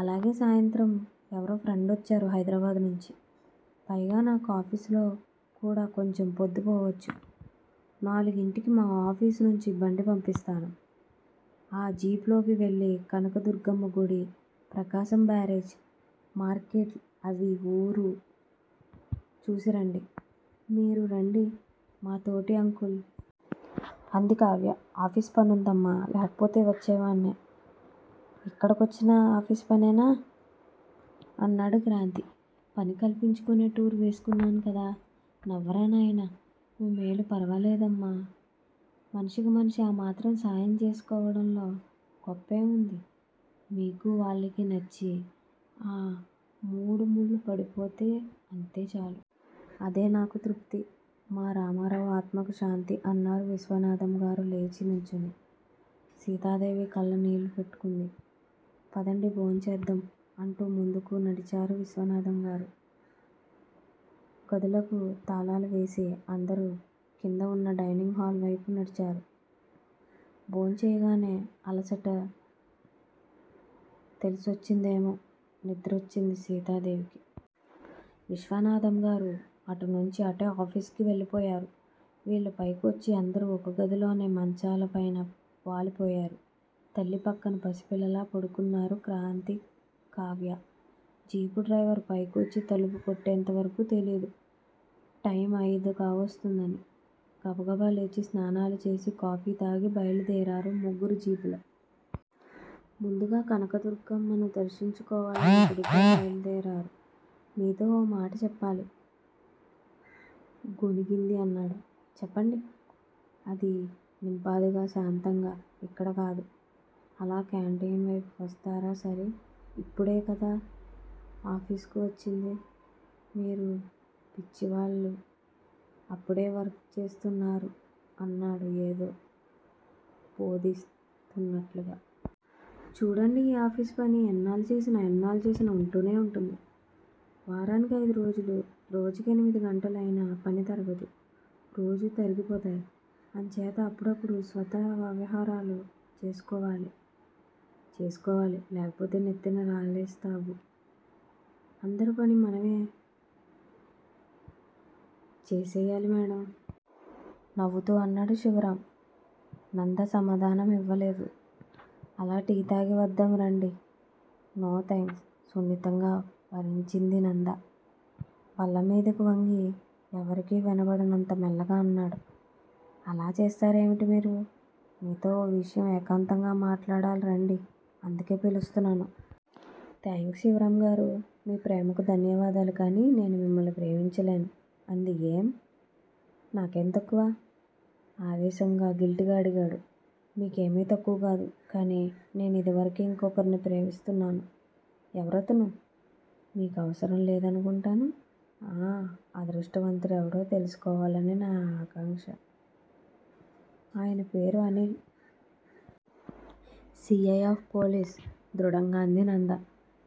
అలాగే సాయంత్రం ఎవరో ఫ్రెండ్ వచ్చారు హైదరాబాదు నుంచి. పైగా నాకు ఆఫీసులో కూడా కొంచెం పొద్దు పోవొచ్చు. నాలుగింటికి మా ఆఫీసు నుంచి బండి పంపిస్తాను. ఆ జీప్ లో వెళ్ళి కనకదుర్గమ్మ గుడి, ప్రకాశం బ్యారేజ్, మార్కెట్టూ అవీ ఊరు చూసిరండి. మీరూ రండి మాతోటీ అంకుల్! అంది కావ్య. ఆఫీసు పనుందమ్మా! లేకపోతే వొచ్చేవాణ్ణే! ఇక్కడ కొచ్చినా ఆఫీసుపనేనా? అన్నాడు క్రాంతి. పని కల్పించుకునే టూర్ వేసుకున్నాను కదా! నవ్వారాయన. మీ మేలు ఫరవాలేదమ్మా! మనిషికి మనిషి ఆ మాత్రం సాయం చేసుకోవడంలో గొప్పేముంది? మీకూ వాళ్లకీ నచ్చి, ఆ మూడుముళ్ళుపడిపోతే అంతే చాలు. అదే నాకు తృప్తి. మా రామారావు ఆత్మకి శాంతి! అన్నారు విశ్వనాథంగారు లేచి నుంచుని! సీతాదేవి కళ్లనీళ్ళు పెట్టుకుంది. పదండి భోంచేద్దాం అంటూ ముందుకు నడిచారు విశ్వనాథంగారు. గదులకి తాళాలువేసి, అందరూ కిందవున్న డైనింగ్ హాలు వైపు నడిచారు. భోంచెయ్యగానే అలసట తెలిసొచ్చిందేమో, నిద్రొచ్చింది సీతాదేవికి. విశ్వనాథంగారు అటునుంచి అటే ఆఫీసుకి వెళ్ళిపోయారు. వీళ్ళు పైకొచ్చి, అందరూ ఒక్క గదిలోనే మంచాల పైన వాలిపోయారు. తల్లి పక్కన పసిపిల్లల్లా పడుకున్నారు క్రాంతీ, కావ్య! జీపు డ్రైవర్ పైకొచ్చి తలుపు కొట్టేంత వరకూ తెలీదు, టైము అయిదు కావొస్తోందని. గబగబా లేచి స్నానాలు చేసి, కాఫీ తాగి బయలుదేరారు ముగ్గురూ జీపులో. ముందుగా కనకదుర్గమ్మని దర్శించుకోవాలని గుడికే బయలుదేరారు. మీతో ఓ మాట చెప్పాలి! గొణిగింది అన్నాడు. చెప్పండి! అది నింపాదిగా శాంతంగా. ఇక్కడ కాదు! అలా కేంటీన్ వైపు వస్తారా? సారీ! ఇప్పుడే కదా ఆఫీసుకు వచ్చింది. మీరు పిచ్చివాళ్ళు అప్పుడే వర్క్ చేస్తున్నారు అన్నాడు ఏదో భోధిస్తున్నట్టుగా. చూడండి ఈ ఆఫేసు పని ఎన్నాళ్ళు చేసినా ఎన్నేళ్ళు చేసినా వుంటూనే వుంటుంది. వారానికి అయిదురోజులు రోజుకి ఎనిమిది గంటలు! అయినా పని తరగదు! రోజు తరిగిపోతాయి. అంచేత అప్పుడప్పుడు స్వంత వ్యవహారాలు చేసుకోవాలి. చేసుకోవాలి! లేకపోతే నెత్తిన రాళ్ళేస్తాఋ అందరి పని మనమే చేసెయ్యాలి మేడం! నవ్వుతూ అన్నాడు శివరాం. నంద సమాధానం ఇవ్వలేదు. అలా టీ తాగి వద్దాం రండి! No thanks! సున్నితంగా వారించింది నంద. బల్లమీదికి వంగి ఎవరికీ వినబడనంత మెల్లిగా అన్నాడు. అలా చేస్తారేమిటి మీరు? మీతో ఓ విషయం ఏకాంతంగా మాట్లాడాలి! రండి! అందుకే పిలుస్తున్నాను! థాంక్స్ శివరాంగారూ! మీ ప్రేమకి ధన్యవాదాలు కానీ నేను మిమ్మల్ని ప్రేమించలేను! అంది. ఏం? నాకేమ్ తక్కువ! ఆవేశంగా గిల్టీగా అడిగాడు. మీకేమీ తక్కువ కాదు. కానీ నేనిదివరకే ఇంకొకర్ని ప్రేమిస్తున్నాను. ఎవరతను? నీకు అవసరం లేదనుకుంటాను! ఆ అదృష్టవంతుడెవడో తెలుసుకోవాలని నా ఆకాంక్ష! ఆయన పేరు Anil! C. I. Of police! దృఢంగా అంది నంద.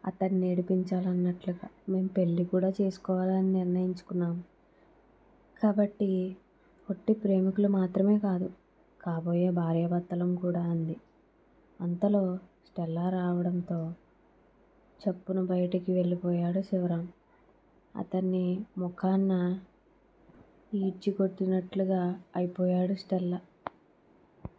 అతన్నేడిపించాలన్నట్లుగా మేం పెళ్ళి కూడా చేసుకోవాలని నిర్ణయించుకున్నాం. కాబట్టి ఒట్టి ప్రేమికులు మాత్రమే కాదు! కాబోయే భార్యాభర్తలం కూడా! అంది. అంతలో స్టెల్లా రావటంతో చప్పున బయటికి వెళ్ళిపోయాడు శివరాం! అతని ముఖాన యీడ్చికొట్టినట్లుగా అయిపోయాడు. స్టెల్లా